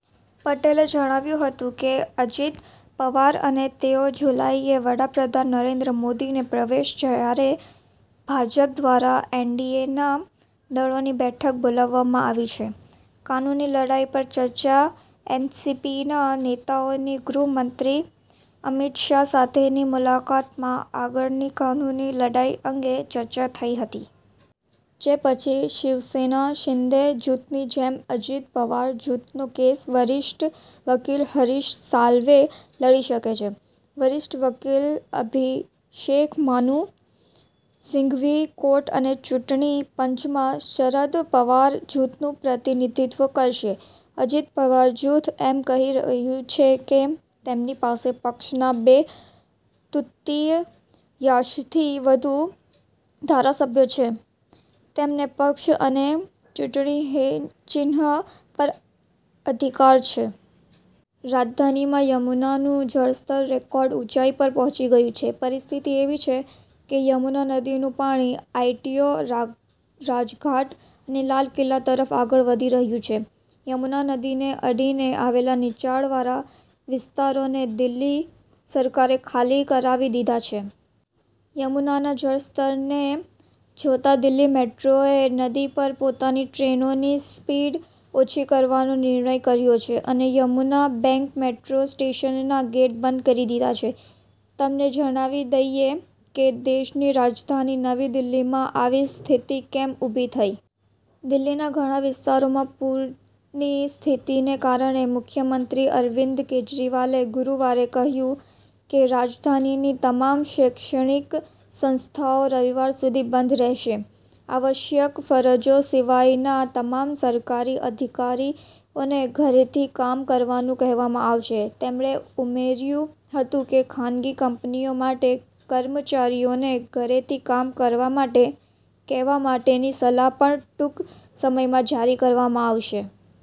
પટેલે જણાવ્યું હતું કે અજિત પવાર અને તેઓ જુલાઈએ વડા પ્રધાન નરેન્દ્ર મોદીને મળશે જ્યારે ભાજપ દ્વારા એનડીએના દળોની બેઠક બોલાવવામાં આવી છે. કાનૂની લડાઈ પર ચર્ચા એનસીપીના નેતાઓની ગૃહમંત્રી અમિત શાહ સાથેની મુલાકાતમાં આગળની કાનૂની લડાઈ અંગે ચર્ચા થઈ હતી. જે પછી શિવસેના શિંદે જૂથની જેમ અજિત પવાર જૂથનો કેસ વરિષ્ઠ વકીલ હરીશ સાલ્વે લડી શકે છે. વરિષ્ઠ વકીલ અભિષેક મનુ સિંઘવી કોર્ટ અને ચૂંટણી પંચમાં શરદ પવાર જૂથનું પ્રતિનિધિત્વ કરશે. અજિત પવાર જૂથ એમ કહી રહ્યું છે કે તેમની પાસે પક્ષના બે તૃતીયાંશથી વધુ ધારાસભ્યો છે, તેમને પક્ષ અને ચૂંટણી ચિહ્ન પર અધિકાર છે. રાજધાનીમાં યમુનાનું જળ સ્તર રેકોર્ડ ઉંચાઇ પર પહોંચી ગયું છે. પરિસ્થિતિ એવી છે કે યમુના નદીનું પાણી આઈટીઓ, રાજઘાટ અને લાલ કિલ્લા તરફ આગળ વધી રહ્યું છે. યમુના નદીને અડીને આવેલા નીચાણવાળા વિસ્તારોને દિલ્હી સરકારે ખાલી કરાવી દીધા છે. યમુનાના જળસ્તરને જોતા દિલ્હી મેટ્રોએ નદી પર પોતાની ટ્રેનોની સ્પીડ ઓછી કરવાનો નિર્ણય કર્યો છે અને યમુના બેંક મેટ્રો સ્ટેશનના ગેટ બંધ કરી દીધા છે. તમને જણાવી દઈએ કે દેશની રાજધાની નવી દિલ્હીમાં આવી સ્થિતિ કેમ ઉભી થઈ. દિલ્હીના ઘણા વિસ્તારોમાં પૂરની સ્થિતિને કારણે મુખ્યમંત્રી અરવિંદ કેજરીવાલે ગુરુવારે કહ્યું કે રાજધાનીની તમામ શૈક્ષણિક સંસ્થાઓ રવિવાર સુધી બંધ રહેશે. આવશ્યક ફરજો સિવાયના તમામ સરકારી અધિકારીઓને ઘરેથી કામ કરવાનું કહેવામાં આવશે. તેમણે ઉમેર્યું હતું કે ખાનગી કંપનીઓ માટે કર્મચારીઓને ઘરેથી કામ કરવા માટે કહેવા માટેની સલાહ પણ ટૂંક સમયમાં જારી કરવામાં આવશે.